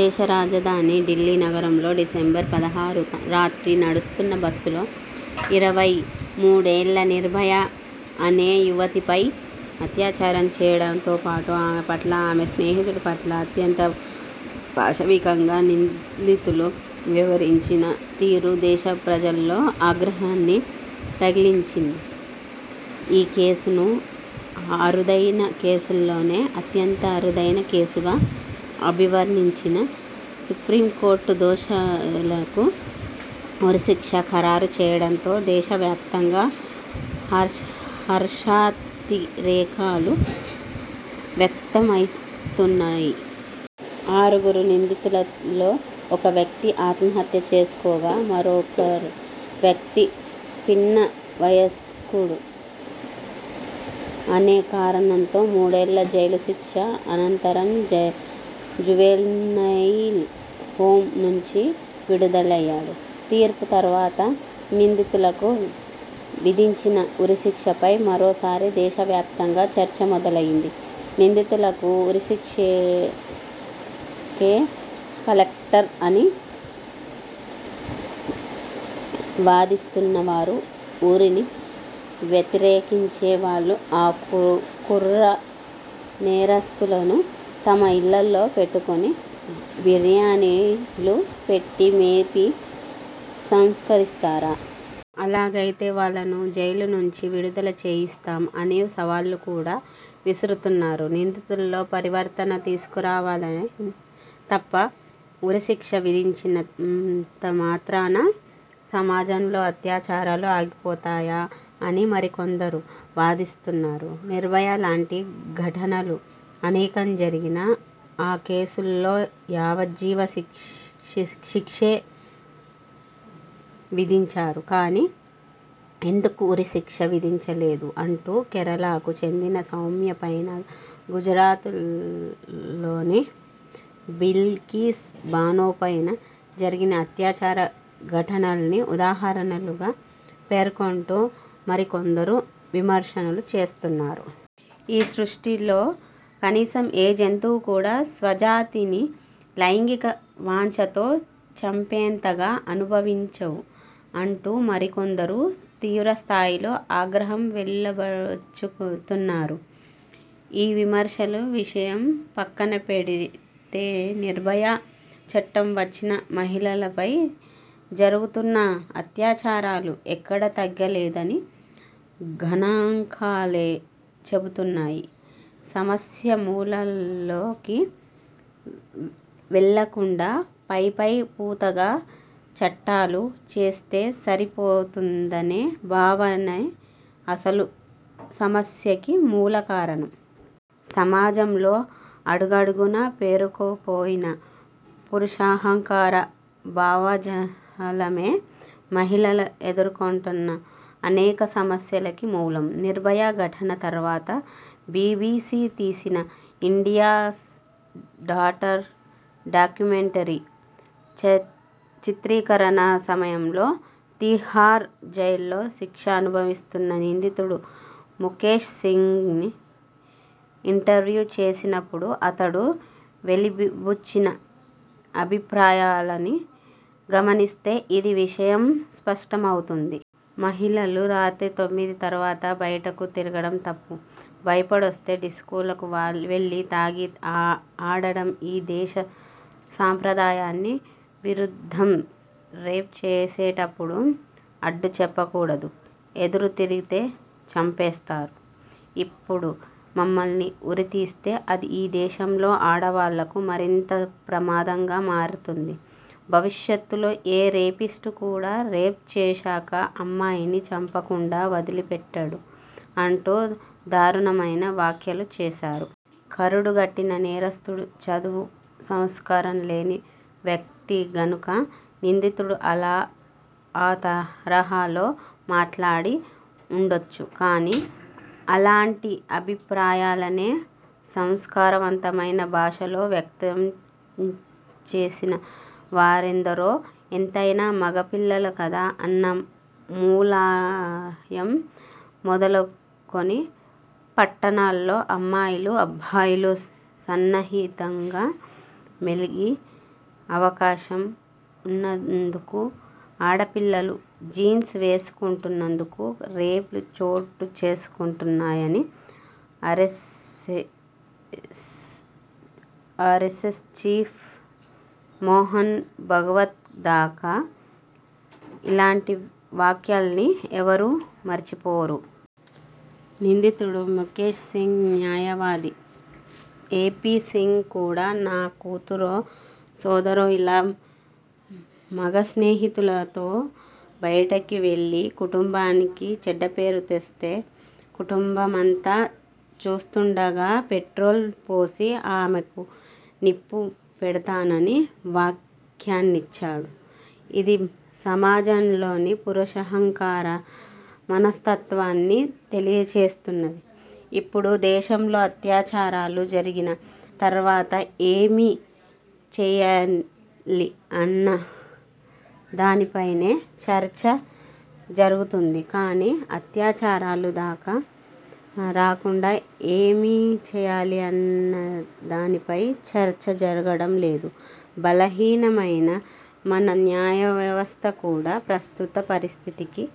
దేశ రాజధాని ఢిల్లీ నగరంలో డిసెంబర్ పదహారు రాత్రి నడుస్తున్న బస్సులో ఇరవై మూడు ఏళ్ళ 'నిర్భయ' అనే యువతిపై అత్యా చారం చేయడంతో పాటు ఆమె పట్ల, ఆమె స్నేహితుడి పట్ల అత్యంత పాశవికంగా నిందితులు వ్యవహరించిన తీరు దేశ ప్రజల్లో ఆగ్రహాగ్ని రగిల్చింది ఈ కేసును అరుదైన కేసుల్లోనే అత్యంత అరుదైన కేసుగా అభివర్ణించిన సుప్రీంకోర్టు దోషులకు ఉరిశిక్ష ఖరారు చేయడంతో దేశ వ్యాప్తంగా హర్షాతిరేకాలు వ్యక్తమవుతున్నాయి. ఆరుగురు నిందితులలో ఒక వ్యక్తి ఆత్మహత్య చేసుకోగా, మరొక వ్యక్తి పిన్న వయస్కుడు అనే కారణంతో మూడేళ్ళ జైలుశిక్ష అనంతరం జువెనైల్ హోమ్ నుంచి విడుదలయ్యాడు. తీర్పు తరువాత నిందితులకు విధించిన ఉరిశిక్షపై మరోసారి దేశవ్యాప్తంగా చర్చ మొదలయ్యింది. నిందితులకు ఉరిశిక్షే క లారెక్ట్ అని వాదిస్తన్నవారు ఉరిని వ్యతిరేకించే వాళ్ళు ఆ కుర నేరస్థులను తమ ఇళ్ళల్లో పెట్టుకుని బిర్యానీలు పెట్టి మేపి సంస్కరిస్తారా? అలాగైతే వాళ్ళను జైళ్ళ నుంచి విడుదల చేయిస్తాం అని సవాళ్ళు కూడా విసురుతున్నారు. నిందితుల్లో పరివర్తన తీసుకురావాలి తప్ప ఉరిశిక్ష విధించిన మాత్రాన సమాజంలో అత్యాచారాలు ఆగిపోతాయా అని మరికొందరు వాదిస్తున్నారు. నిర్భయ లాంటి ఘటనలు అనేకం జరిగినా ఆ కేసుల్లో యావజ్జీవ శిక్షే విధించారు కానీ, ఎందుకు ఉరిశిక్ష విధించలేదు అంటూ కేరళకు చెందిన సౌమ్యపైనా, గుజరాత్లోని బిల్కిస్ బానోపైనా జరిగిన అత్యాచార ఘటనల్ని ఉదాహరణలుగా పేర్కొంటూ మరికొందరు విమర్శలు చేస్తున్నారు. ఈ సృష్టిలో కనీసం ఏ జంతువు కూడా స్వజాతిని లైంగిక వాంఛతో చంపేంతగా అనుభవించవు అంటూ మరికొందరు తీవ్రస్థాయిలో ఆగ్రహం వెళ్లబుచ్చుతున్నారు. ఈ విమర్శల విషయం పక్కన పెడితేనిర్భయ చట్టం వచ్చినా మహిళలపై జరుగుతున్న అత్యాచారాలు ఎక్కడా తగ్గలేదని గణాంకాలే చెబుతున్నాయి. సమస్య మూలాల్లోకి వెళ్లకుండా పైపై పూతగా చట్టాలు చేస్తే సరిపోతుందనే భావనే అసలు సమస్యకి మూలకారణం. సమాజంలో అడుగడుగునా పేరుకుపోయిన పురుషాహంకార భావజాలమే మహిళలు ఎదుర్కొంటున్న అనేక సమస్యలకి మూలం. నిర్భయ ఘటన తరువాత బీబీసీ తీసిన 'ఇండియాస్ డాటర్' డాక్యుమెంటరీ చిత్రీకరణ సమయంలో తీహార్ జైల్లో శిక్ష అనుభవిస్తున్న నిందితుడు ముఖేశ్ సింగ్ని ఇంటర్వ్యూ చేసినప్పుడు అతడు వెలిబుచ్చిన అభిప్రాయాలని గమనిస్తే ఇదే విషయం స్పష్టమవుతుంది. మహిళలు రాత్రి తొమ్మిది తరువాత బయట కు తిరగడం తప్పు. బాయ్ఫ్రెండ్స్తో డిస్కోలకు వెళ్లి తాగి ఆడడం ఈ దేశ సాంప్రదాయానికి విరుద్ధం. రేప్ చేసేటప్పుడు అడ్డుచెప్పకూడదు. ఎదురు తిరిగితే చంపేస్తారు. ఇప్పుడు మమ్మల్ని ఉరితీస్తే అది ఈ దేశంలో ఆడవాళ్లకు మరింత ప్రమాదంగా మారుతుంది. భవిష్యత్తులో ఏ రేపిస్టు కూడా రేప్ చేసాక అమ్మాయిని చంపకుండా వదిలిపెట్టడు' అంటూ దారుణమైన వ్యాఖ్యలు చేసాడు. కరుడు గట్టిన నేరస్థుడు, చదువు, సంస్కారం లేని వ్యక్తి గనుక నిందితుడు అలా ఆ తరహాలో మాట్లాడి ఉండొచ్చు కానీ, అలాంటి అభిప్రాయాలనే సంస్కారవంతమైన భాషలో వ్యక్తంచేసిన వారెందరో! 'ఎంతైనా మగ పిల్లలు కదా' అన్న ములాయం మొదలుకొని, 'పట్టణాల్లో అమ్మాయిలు, అబ్బాయిలు సన్నిహితంగా మెలిగే అవకాశం ఉన్నందుకూ, ఆడపిల్లలు జీన్స్ వేసుకుంటున్నందుకూ రేప్లు చోటుచేసుకుంటున్నాయని' ఆరెస్సెస్ చీఫ్ మోహన్ భగవత్ దాకా ఇలాంటి వ్యాఖ్యల్ని ఎవరూ మరిచిపోరు. నిందితుడు ముకేశ్ సింగ్ న్యాయవాది ఏపీ సింగ్ కూడా నా కూతురో, సోదరో ఇలా మగస్నేహితుడితో బయటకివెళ్ళి కుటుంబానికి చెడ్డపేరు తెస్తే కుటుంబమంతా చూస్తుండగా పెట్రోల్ పోసి ఆమెకు నిప్పు పెడతానని వ్యాఖ్యానించాడు. ఇది సమాజంలోని పురుషాహంకార మనస్తత్వాన్ని తెలియచేస్తుంది. ఇప్పుడు దేశంలో అత్యాచారాలు జరిగిన తరువాత ఏమి చేయాలి అన్న దానిపైనే చర్చ జరుగుతుంది కానీ, అత్యాచారాలు దాకా రాకుండా ఏమి చేయాలి అన్నదానిపై చర్చ జరగడం లేదు. బలహీనమైన మన న్యాయవ్యవస్థ కూడా ప్రస్తుత పరిస్థితికి